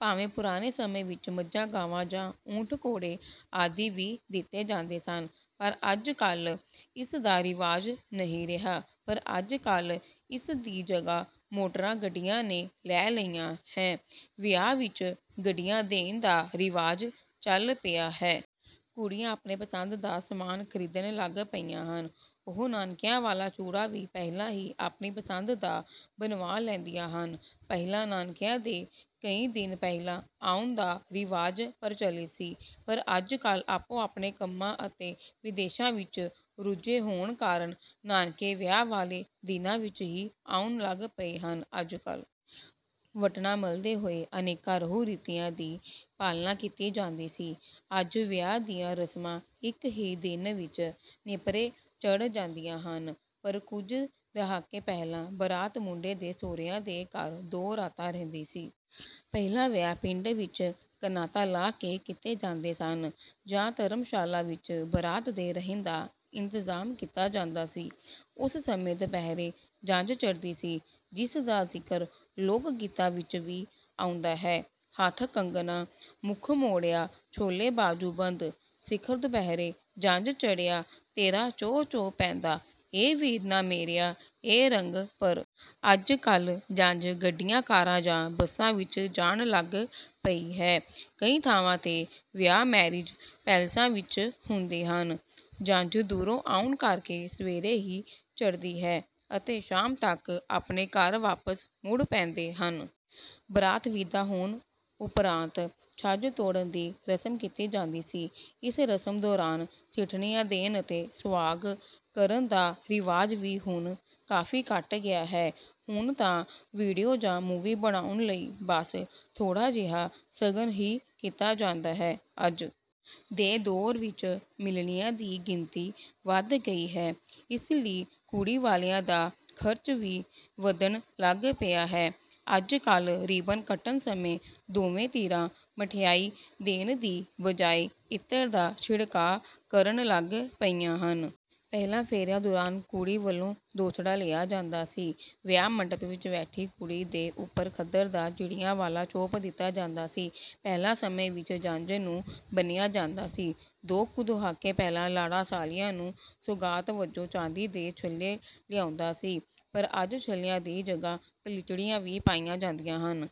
ਭਾਵੇਂ ਪੁਰਾਣੇ ਸਮੇਂ ਵਿੱਚ ਮੱਝਾਂ-ਗਾਵਾਂ ਜਾਂ ਊਠ, ਘੋੜੇ ਆਦਿ ਵੀ ਦਿੱਤੇ ਜਾਂਦੇ ਸਨ, ਪਰ ਅੱਜਕੱਲ੍ਹ ਇਸ ਦਾ ਰਿਵਾਜ ਨਹੀਂ ਰਿਹਾ। ਪਰ ਅੱਜਕੱਲ੍ਹ ਇਸ ਦੀ ਜਗ੍ਹਾ ਮੋਟਰਾਂ-ਗੱਡੀਆਂ ਨੇ ਲੈ ਲਈ ਹੈ। ਵਿਆਹ ਵਿੱਚ ਗੱਡੀਆਂ ਦੇਣ ਦਾ ਰਿਵਾਜ ਚੱਲ ਪਿਆ ਹੈ। ਕੁੜੀਆਂ ਆਪਣੇ ਪਸੰਦ ਦਾ ਸਮਾਨ ਖਰੀਦਣ ਲੱਗ ਪਈਆਂ ਹਨ। ਉਹ ਨਾਨਕਿਆਂ ਵਾਲਾ ਚੂੜਾ ਵੀ ਪਹਿਲਾਂ ਹੀ ਆਪਣੀ ਪਸੰਦ ਦਾ ਬਣਵਾ ਲੈਂਦੀਆਂ ਹਨ। ਪਹਿਲਾਂ ਨਾਨਕਿਆਂ ਦੇ ਕਈ ਦਿਨ ਪਹਿਲਾਂ ਆਉਣ ਦਾ ਰਿਵਾਜ ਪ੍ਰਚਲਿਤ ਸੀ, ਪਰ ਅੱਜ ਆਪੋ-ਆਪਣੇ ਕੰਮਾਂ ਅਤੇ ਵਿਦੇਸ਼ਾਂ ਵਿੱਚ ਰੁੱਝੇ ਹੋਣ ਕਾਰਨ ਨਾਨਕੇ ਵਿਆਹ ਵਾਲੇ ਦਿਨਾਂ ਵਿੱਚ ਹੀ ਆਉਣ ਲੱਗ ਪਏ ਹਨ। ਅੱਜਕੱਲ੍ਹ ਵਟਣਾ ਮਲਦੇ ਹੋਏ ਅਨੇਕਾਂ ਰਹੁ-ਰੀਤਾਂ ਦੀ ਪਾਲਣਾ ਕੀਤੀ ਜਾਂਦੀ ਸੀ। ਅੱਜ ਵਿਆਹ ਦੀਆਂ ਰਸਮਾਂ ਇੱਕ ਹੀ ਦਿਨ ਵਿੱਚ ਨੇਪਰੇ ਚੜ੍ਹ ਜਾਂਦੀਆਂ ਹਨ, ਪਰ ਕੁਝ ਦਹਾਕੇ ਪਹਿਲਾਂ ਬਰਾਤ ਮੁੰਡੇ ਦੇ ਸਹੁਰਿਆਂ ਦੇ ਘਰ ਦੋ ਰਾਤਾਂ ਰਹਿੰਦੀ ਸੀ। ਪਹਿਲਾਂ ਵਿਆਹ ਪਿੰਡ ਵਿੱਚ ਕਨਾਤਾਂ ਲਾ ਕੇ ਕੀਤੇ ਜਾਂਦੇ ਸਨ ਜਾਂ ਧਰਮਸ਼ਾਲਾ ਵਿੱਚ ਬਰਾਤ ਦੇ ਰਹਿਣ ਦਾ ਇੰਤਜ਼ਾਮ ਕੀਤਾ ਜਾਂਦਾ ਸੀ। ਉਸ ਸਮੇਂ ਦੁਪਹਿਰੇ ਜੰਝ ਚੜ੍ਹਦੀ ਸੀ, ਜਿਸ ਦਾ ਜ਼ਿਕਰ ਲੋਕ-ਗੀਤਾਂ ਵਿੱਚ ਵੀ ਆਉਂਦਾ ਹੈ ਹੱਥ ਕੰਗਣਾ ਮੁੱਖ ਮੋਹਿੜਾ, ਛੋਲੇ ਬਾਜੂਬੰਦ, ਸਿਖਰ ਦੁਪਹਿਰੇ ਜੰਝ ਚੜ੍ਹਿਆ, ਤੇਰਾ ਚੋਅ-ਚੋਅ ਪੈਂਦਾ, ਏ ਵੀਰਨਾ ਮੇਰਿਆ ਏ ਰੰਗ। ਪਰ ਅੱਜਕੱਲ੍ਹ ਜੰਝ ਗੱਡੀਆਂ, ਕਾਰਾਂ ਜਾਂ ਬੱਸਾਂ ਵਿੱਚ ਜਾਣ ਲੱਗ ਪਈ ਹੈ। ਕਈ ਥਾਵਾਂ ’ਤੇ ਵਿਆਹ ਮੈਰਿਜ ਪੈਲੇਸਾਂ ਵਿੱਚ ਹੁੰਦੇ ਹਨ। ਜੰਝ ਦੂਰੋਂ ਆਉਣ ਕਰਕੇ ਸਵੇਰੇ ਹੀ ਚੜ੍ਹਦੀ ਹੈ ਅਤੇ ਸ਼ਾਮ ਤੱਕ ਆਪਣੇ ਘਰ ਵਾਪਸ ਮੁੜ ਪੈਂਦੀ ਹੈ। ਬਰਾਤ ਵਿਦਾ ਹੋਣ ਉਪਰੰਤ ਛੱਜ ਤੋੜਨ ਦੀ ਰਸਮ ਕੀਤੀ ਜਾਂਦੀ ਸੀ। ਇਸ ਰਸਮ ਦੌਰਾਨ ਸਿੱਠਣੀਆਂ ਦੇਣ ਅਤੇ ਸਵਾਂਗ ਕਰਨ ਦਾ ਰਿਵਾਜ ਵੀ ਹੁਣ ਕਾਫ਼ੀ ਘੱਟ ਗਿਆ ਹੈ। ਹੁਣ ਤਾਂ ਵੀਡੀਓ ਜਾਂ ਮੂਵੀ ਬਣਾਉਣ ਲਈ ਬਸ ਥੋੜ੍ਹਾ ਜਿਹਾ ਸ਼ਗਨ ਹੀ ਕੀਤਾ ਜਾਂਦਾ ਹੈ। ਅੱਜ ਦੇ ਦੌਰ ਵਿੱਚ ਮਿਲਣੀਆਂ ਦੀ ਗਿਣਤੀ ਵੱਧ ਗਈ ਹੈ, ਇਸ ਲਈ ਕੁੜੀ ਵਾਲਿਆਂ ਦਾ ਖ਼ਰਚ ਵੀ ਵਧਣ ਲੱਗ ਪਿਆ ਹੈ। ਅੱਜਕੱਲ੍ਹ ਰੀਬਨ ਕੱਟਣ ਸਮੇਂ ਦੋਵੇਂ ਧਿਰਾਂ ਸਿੱਠਣੀਆਂ ਦੇਣ ਦੀ ਬਜਾਇ ਇਤਰ ਦਾ ਛਿੜਕਾਅ ਕਰਨ ਲੱਗ ਪਈਆਂ ਹਨ। ਪਹਿਲਾਂ ਫੇਰਿਆਂ ਦੌਰਾਨ ਕੁੜੀ ਵੱਲੋਂ ਦੋਸੜਾ ਲਿਆ ਜਾਂਦਾ ਸੀ। ਵਿਆਹ ਮੰਡਪ ਵਿੱਚ ਬੈਠੀ ਕੁੜੀ ਦੇ ਉੱਪਰ ਖੱਦਰ ਦਾ ਚਿੜੀਆਂ ਵਾਲਾ ਚੋਪ ਦਿੱਤਾ ਜਾਂਦਾ ਸੀ। ਪਹਿਲਾਂ ਸਮੇਂ ਵਿੱਚ ਜੰਝ ਨੂੰ ਬੰਨ੍ਹਿਆ ਜਾਂਦਾ ਸੀ। ਦੋ ਕੁ ਦਹਾਕੇ ਪਹਿਲਾਂ ਲਾੜਾ ਸਾਲੀਆਂ ਨੂੰ ਸੁਗਾਤ ਵਜੋਂ ਚਾਂਦੀ ਦੇ ਛੱਲੇ ਲਿਆਉਂਦਾ ਸੀ, ਪਰ ਅੱਜ ਛੱਲਿਆਂ ਦੀ ਜਗ੍ਹਾ ਕਲੀਚੜੀਆਂ ਵੀ ਪਾਈਆਂ ਜਾਂਦੀਆਂ ਹਨ।